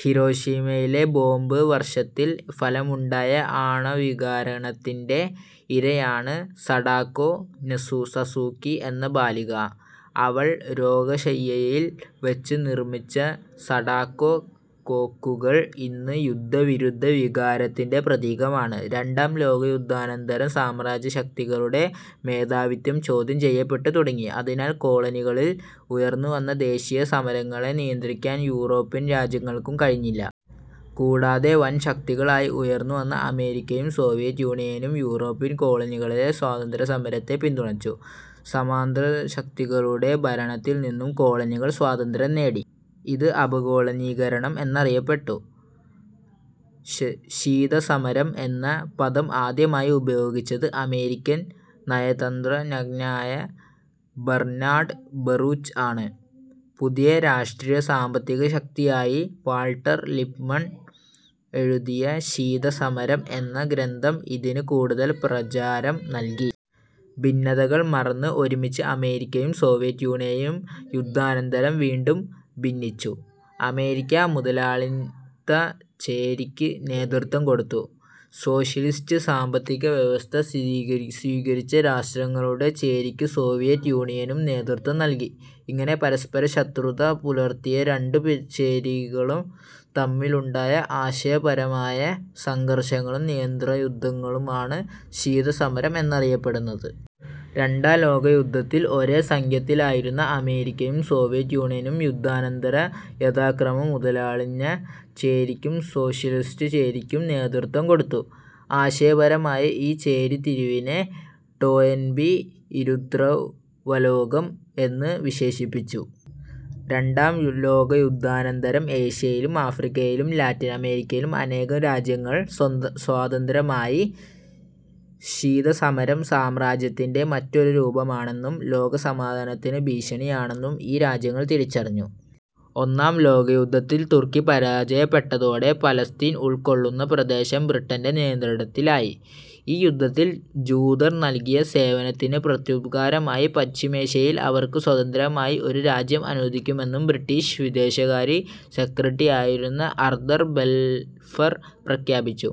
ഹിരോഷിമയിലെ bomb വർഷത്തിന്റെ ഫലമായുണ്ടായ അണുവികിരണത്തിന്റെ ഇരയാണ് സഡാക്കോ സസുക്കി എന്ന ബാലിക. അവൾ രോഗശയ്യയിൽ വച്ച് നിർമിച്ച സഡാക്കോ കൊക്കുകൾ ഇന്ന് യുദ്ധവിരുദ്ധ വികാരത്തിന്റെ പ്രതീകമാണ്. രണ്ടാം ലോകയുദ്ധാനന്തരം സാമ്രാജ്യത്വശക്തികളുടെ മേധാവിത്വം ചോദ്യം ചെയ്യപ്പെട്ടു തുടങ്ങി. അതിനാൽ കോളനികളിൽ ഉയർന്നുവന്ന ദേശീയസമരങ്ങളെ നിയന്ത്രിക്കാൻ യൂറോപ്യൻ രാജ്യങ്ങൾക്കു കഴിഞ്ഞില്ല. കൂടാതെ വൻശക്തികളായി ഉയർന്നുവന്ന അമേരിക്കയും സോവിയറ്റ് യൂണിയനും യൂറോപ്യൻ കോളനികളിലെ സ്വാതന്ത്ര്യസമരത്തെ പിന്തുണച്ചു. സാമ്രാജ്യത്വശക്തികളുടെ ഭരണത്തിൽനിന്നു കോളനികൾ സ്വാതന്ത്ര്യം നേടി. ഇത് അപകോളനീകരണം എന്നറിയപ്പെടുന്നു. ശീതസമരം എന്ന പദം ആദ്യമായി ഉപയോഗിച്ചത് അമേരിക്കൻ നയതന്തജ്ഞനായ ബർനാഡ് ബറൂച്ച് ആണ്. പുതിയ രാഷ്ട്രീയ സാമ്പത്തിക ശക്തിയായി വാൾട്ടർ ലിപ്മാൻ എഴുതിയ ""ശീതസമരം' എന്ന ഗ്രന്ഥം ഇതിന് കൂടുതൽ പ്രചാരം നൽകി. ഭിന്നതകൾ മറന്ന് ഒരുമിച്ച് അമേരിക്കയും സോവിയറ്റ് യൂണിയനും യുദ്ധാനന്തരം വീണ്ടും ഭിന്നിച്ചു. അമേരിക്ക മുതലാളിത്ത ചേരിക്ക് നേതൃത്വം കൊടുത്തു. സോഷ്യ ലിസ്റ്റ് സാമ്പത്തികവ്യവസ്ഥ സ്വീകരിച്ച രാഷ്ട്രങ്ങളുടെ ചേരിക്ക് സോവിയറ്റ് യൂണിയനും നേതൃത്വം നൽകി. ഇങ്ങനെ പരസ്പരം ശത്രുത പുലർത്തിയ രണ്ടു ചേരികൾ തമ്മിലുണ്ടായ ആശയപരമായ സംഘർഷങ്ങളും നയതന്ത്രയുദ്ധങ്ങളുമാണ് ശീതസമരം എന്നറിയപ്പെടുന്നത്. രണ്ടാം ലോകയുദ്ധത്തിൽ ഒരേ സഖ്യത്തിലായിരുന്ന അമേരിക്കയും സോവിയറ്റ് യൂണിയനും യുദ്ധാനന്തരം യഥാക്രമം മുതലാളിത്ത ചേരിക്കും സോഷ്യലിസ്റ്റ് ചേരിക്കും നേതൃത്വം കൊടുത്തു. ആശയപരമായ ഈ ചേരിതിരിവിനെ ടോയൻബി ഇരുധ്രുവലോകം എന്ന് വിശേഷിപ്പിച്ചു. രണ്ടാം ലോകയുദ്ധാനന്തരം ഏഷ്യയിലും ആഫ്രിക്കയിലും ലാറ്റിനമേരിക്കയിലും അനേകം രാജ്യങ്ങൾ സ്വതന്ത്രമായി. ശീതസമരം സാമ്രാജ്യത്വത്തിന്റെ മറ്റൊരു രൂപമാണെന്നും ലോകസമാധാനത്തിനു ഭീഷണിയാണെന്നും ഈ രാജ്യങ്ങൾ തിരിച്ചറിഞ്ഞു. ഒന്നാം ലോകയുദ്ധത്തിൽ തുർക്കി പരാജയപ്പെട്ടതോടെ പാലസ്തീൻ ഉൾക്കൊള്ളുന്ന പ്രദേശം ബ്രിട്ടന്റെ നിയന്ത്രണത്തിലായി. ഈ യുദ്ധത്തിൽ ജൂതർ നൽകിയ സേവനത്തിന് പ്രത്യുപകാരമായി പശ്ചിമേഷ്യയിൽ അവർക്ക് സ്വന്തമായി ഒരു രാജ്യം അനുവദിക്കുമെന്ന് ബ്രിട്ടീഷ് വിദേശകാര്യ സെക്രട്ടറിയായിരുന്ന ആർതർ ബാൽഫർ പ്രഖ്യാപിച്ചു.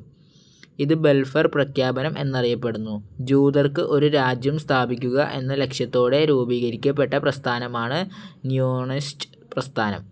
ഇത് ബാൽഫർ പ്രഖ്യാപനം എന്നറിയപ്പെടുന്നു. ജൂതർക്ക് ഒരു രാജ്യം സ്ഥാപിക്കുക എന്ന ലക്ഷ്യത്തോടെ രൂപീകരിക്കപ്പെട്ട പ്രസ്ഥാനമാണ് സിയോണിസ്റ്റ് പ്രസ്ഥാനം.